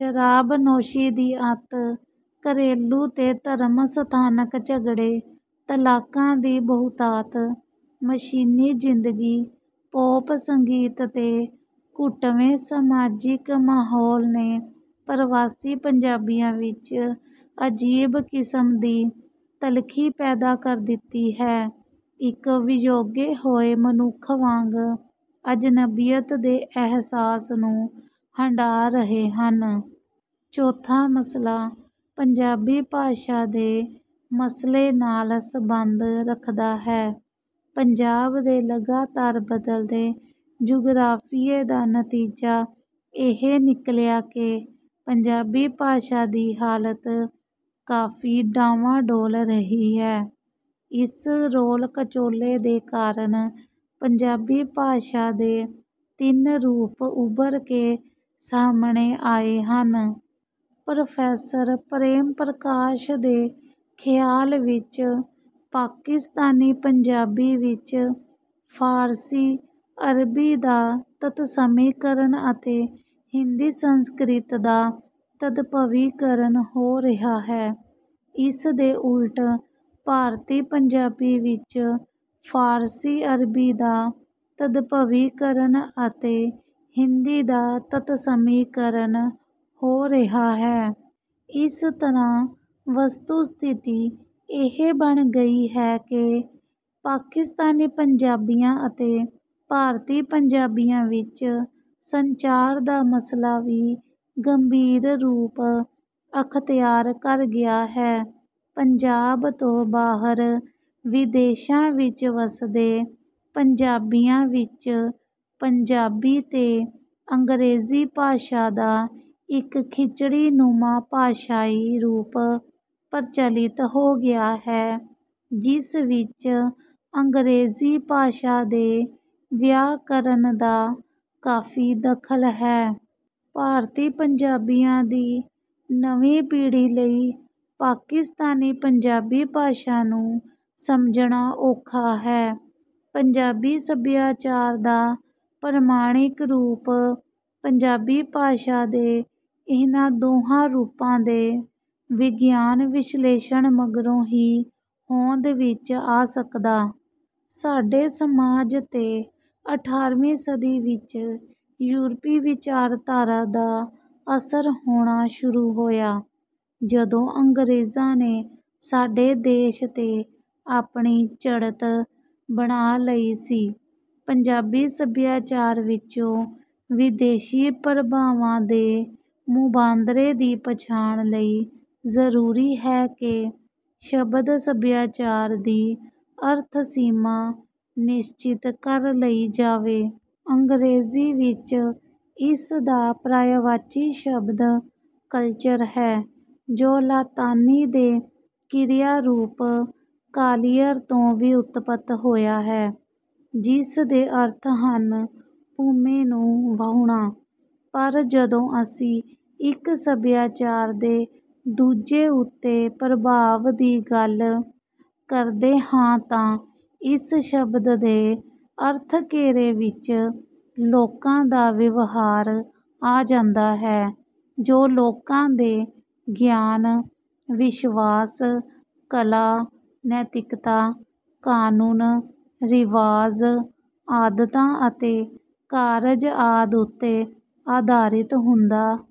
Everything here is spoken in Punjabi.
ਸ਼ਰਾਬਨੋਸ਼ੀ ਦੀ ਅਤਿ, ਘਰੇਲੂ ਤੇ ਧਰਮ-ਸਥਾਨਕ ਝਗੜੇ, ਤਲਾਕਾਂ ਦੀ ਬਹੁਤਾਤ, ਮਸ਼ੀਨੀ ਜਿੰਦਗੀ, ਪੌਪ ਸੰਗੀਤ ਤੇ ਘੁਟਵੇਂ ਸਮਾਜਿਕ ਮਾਹੌਲ ਨੇ ਪ੍ਰਵਾਸੀ ਪੰਜਾਬੀਆਂ ਵਿੱਚ ਅਜੀਬ ਕਿਸਮ ਦੀ ਤਲਖੀ ਪੈਦਾ ਕਰ ਦਿੱਤੀ ਹੈ। ਇੱਕ ਵਿਯੋਗੇ ਹੋਏ ਮਨੁੱਖ ਵਾਂਗ ਅਜਨਬੀਅਤ ਦੇ ਅਹਿਸਾਸ ਨੂੰ ਹੰਢਾ ਰਹੇ ਹਨ। ਚੌਥਾ ਮਸਲਾ ਪੰਜਾਬੀ ਭਾਸ਼ਾ ਦੇ ਮਸਲੇ ਨਾਲ ਸਬੰਧ ਰੱਖਦਾ ਹੈ। ਪੰਜਾਬ ਦੇ ਲਗਾਤਾਰ ਬਦਲਦੇ ਜੁਗਰਾਫੀਏ ਦਾ ਨਤੀਜਾ ਇਹ ਨਿਕਲਿਆ ਕਿ ਪੰਜਾਬੀ ਭਾਸ਼ਾ ਦੀ ਹਾਲਤ ਕਾਫੀ ਡਾਂਵਾਂ-ਡੋਲ ਰਹੀ ਹੈ। ਇਸ ਰੋਲ-ਕਚੋਲੇ ਦੇ ਕਾਰਨ ਪੰਜਾਬੀ ਭਾਸ਼ਾ ਦੇ ਤਿੰਨ ਰੂਪ ਉਭਰ ਕੇ ਸਾਹਮਣੇ ਆਏ ਹਨ। ਪ੍ਰੋਫੈਸਰ ਪ੍ਰੇਮ ਪ੍ਰਕਾਸ਼ ਦੇ ਖਿਆਲ ਵਿੱਚ ਪਾਕਿਸਤਾਨੀ-ਪੰਜਾਬੀ ਵਿੱਚ ਫ਼ਾਰਸੀ, ਅਰਬੀ ਦਾ ਤਤਸਮੀਕਰਨ ਅਤੇ ਹਿੰਦੀ-ਸੰਸਕ੍ਰਿਤ ਦਾ ਤਦਭਵੀਕਰਨ ਹੋ ਰਿਹਾ ਹੈ। ਇਸਦੇ ਉਲਟ ਭਾਰਤੀ ਪੰਜਾਬੀ ਵਿੱਚ ਫ਼ਾਰਸੀ-ਅਰਬੀ ਦਾ ਤਦਭਵੀਕਰਨ ਅਤੇ ਹਿੰਦੀ ਦਾ ਤਤਸਮੀਕਰਨ ਹੋ ਰਿਹਾ ਹੈ। ਇਸ ਤਰ੍ਹਾਂ ਵਸਤੁ-ਸਥਿਤੀ ਇਹ ਬਣ ਗਈ ਹੈ ਕਿ ਪਾਕਿਸਤਾਨੀ ਪੰਜਾਬੀਆਂ ਅਤੇ ਭਾਰਤੀ ਪੰਜਾਬੀਆਂ ਵਿੱਚ ਸੰਚਾਰ ਦਾ ਮਸਲਾ ਵੀ ਗੰਭੀਰ ਰੂਪ ਅਖਤਿਆਰ ਕਰ ਗਿਆ ਹੈ। ਪੰਜਾਬ ਤੋਂ ਬਾਹਰ ਵਿਦੇਸ਼ਾਂ ਵਿੱਚ ਵਸਦੇ ਪੰਜਾਬੀਆਂ ਵਿੱਚ ਪੰਜਾਬੀ ਤੇ ਅੰਗ੍ਰੇਜ਼ੀ ਭਾਸ਼ਾ ਦਾ ਇੱਕ ਖਿਚੜੀ-ਨੁਮਾ ਭਾਸ਼ਾਈ ਰੂਪ ਪ੍ਰਚਲਿਤ ਹੋ ਗਿਆ ਹੈ, ਜਿਸ ਵਿੱਚ ਅੰਗ੍ਰੇਜ਼ੀ ਭਾਸ਼ਾ ਦੇ ਵਿਆਕਰਨ ਦਾ ਕਾਫੀ ਦਖਲ ਹੈ। ਭਾਰਤੀ ਪੰਜਾਬੀਆਂ ਦੀ ਨਵੀਂ ਪੀੜ੍ਹੀ ਲਈ ਪਾਕਿਸਤਾਨੀ ਪੰਜਾਬੀ ਭਾਸ਼ਾ ਨੂੰ ਸਮਝਣਾ ਔਖਾ ਹੈ। ਪੰਜਾਬੀ ਸਭਿਆਚਾਰ ਦਾ ਪ੍ਰਮਾਣਿਕ ਰੂਪ ਪੰਜਾਬੀ ਭਾਸ਼ਾ ਦੇ ਇਹਨਾਂ ਦੋਹਾਂ ਰੂਪਾਂ ਦੇ ਵਿਗਿਆਨਕ ਵਿਸ਼ਲੇਸ਼ਣ ਮਗਰੋਂ ਹੀ ਹੋਂਦ ਵਿੱਚ ਆ ਸਕਦਾ। ਸਾਡੇ ਸਮਾਜ ਤੇ ਅਠਾਰ੍ਹਵੀਂ ਸਦੀ ਵਿੱਚ ਯੂਰਪੀ ਵਿਚਾਰਧਾਰਾ ਦਾ ਅਸਰ ਹੋਣਾ ਸ਼ੁਰੂ ਹੋਇਆ, ਜਦੋਂ ਅੰਗਰੇਜ਼ਾਂ ਨੇ ਸਾਡੇ ਦੇਸ਼ ਤੇ ਆਪਣੀ ਚੜ੍ਹਤ ਬਣਾ ਲਈ ਸੀ। ਪੰਜਾਬੀ ਸੱਭਿਆਚਾਰ ਵਿੱਚੋਂ ਵਿਦੇਸ਼ੀ ਪ੍ਰਭਾਵਾਂ ਦੇ ਮੁਬਾਂਦਰੇ ਦੀ ਪਛਾਣ ਲਈ ਜ਼ਰੂਰੀ ਹੈ ਕਿ ਸ਼ਬਦ 'ਸੱਭਿਆਚਾਰ' ਦੀ ਅਰਥ-ਸੀਮਾ ਨਿਸ਼ਚਿਤ ਕਰ ਲਈ ਜਾਵੇ। ਅੰਗਰੇਜ਼ੀ ਵਿੱਚ ਇਸਦਾ ਪਰਿਆਇਵਾਚੀ ਸ਼ਬਦ 'ਕਲਚਰ' ਹੈ ਜੋ ਲਾਤਿਨੀ ਦੇ ਕ੍ਰਿਆ-ਰੂਪ 'ਕਾਲੀਅਰ' ਤੋਂ ਵਿਉਤਪਤ ਹੋਇਆ ਹੈ, ਜਿਸਦੇ ਅਰਥ ਹਨ ਭੂਮੀ ਨੂੰ ਵਾਹੁਣਾ। ਪਰ ਜਦੋਂ ਅਸੀਂ ਇੱਕ ਸਭਿਆਚਾਰ ਦੇ ਦੂਜੇ ਉੱਤੇ ਪ੍ਰਭਾਵ ਦੀ ਗੱਲ ਕਰਦੇ ਹਾਂ, ਤਾਂ ਇਸ ਸ਼ਬਦ ਦੇ ਅਰਥ-ਘੇਰੇ ਵਿੱਚ ਲੋਕਾਂ ਦਾ ਵਿਵਹਾਰ ਆ ਜਾਂਦਾ ਹੈ, ਜੋ ਲੋਕਾਂ ਦੇ ਗਿਆਨ, ਵਿਸ਼ਵਾਸ, ਕਲਾ, ਨੈਤਿਕਤਾ, ਕਾਨੂੰਨ, ਰਿਵਾਜ਼, ਆਦਤਾਂ, ਅਤੇ ਕਾਰਜ ਆਦਿ ਉੱਤੇ ਆਧਾਰਿਤ ਹੁੰਦਾ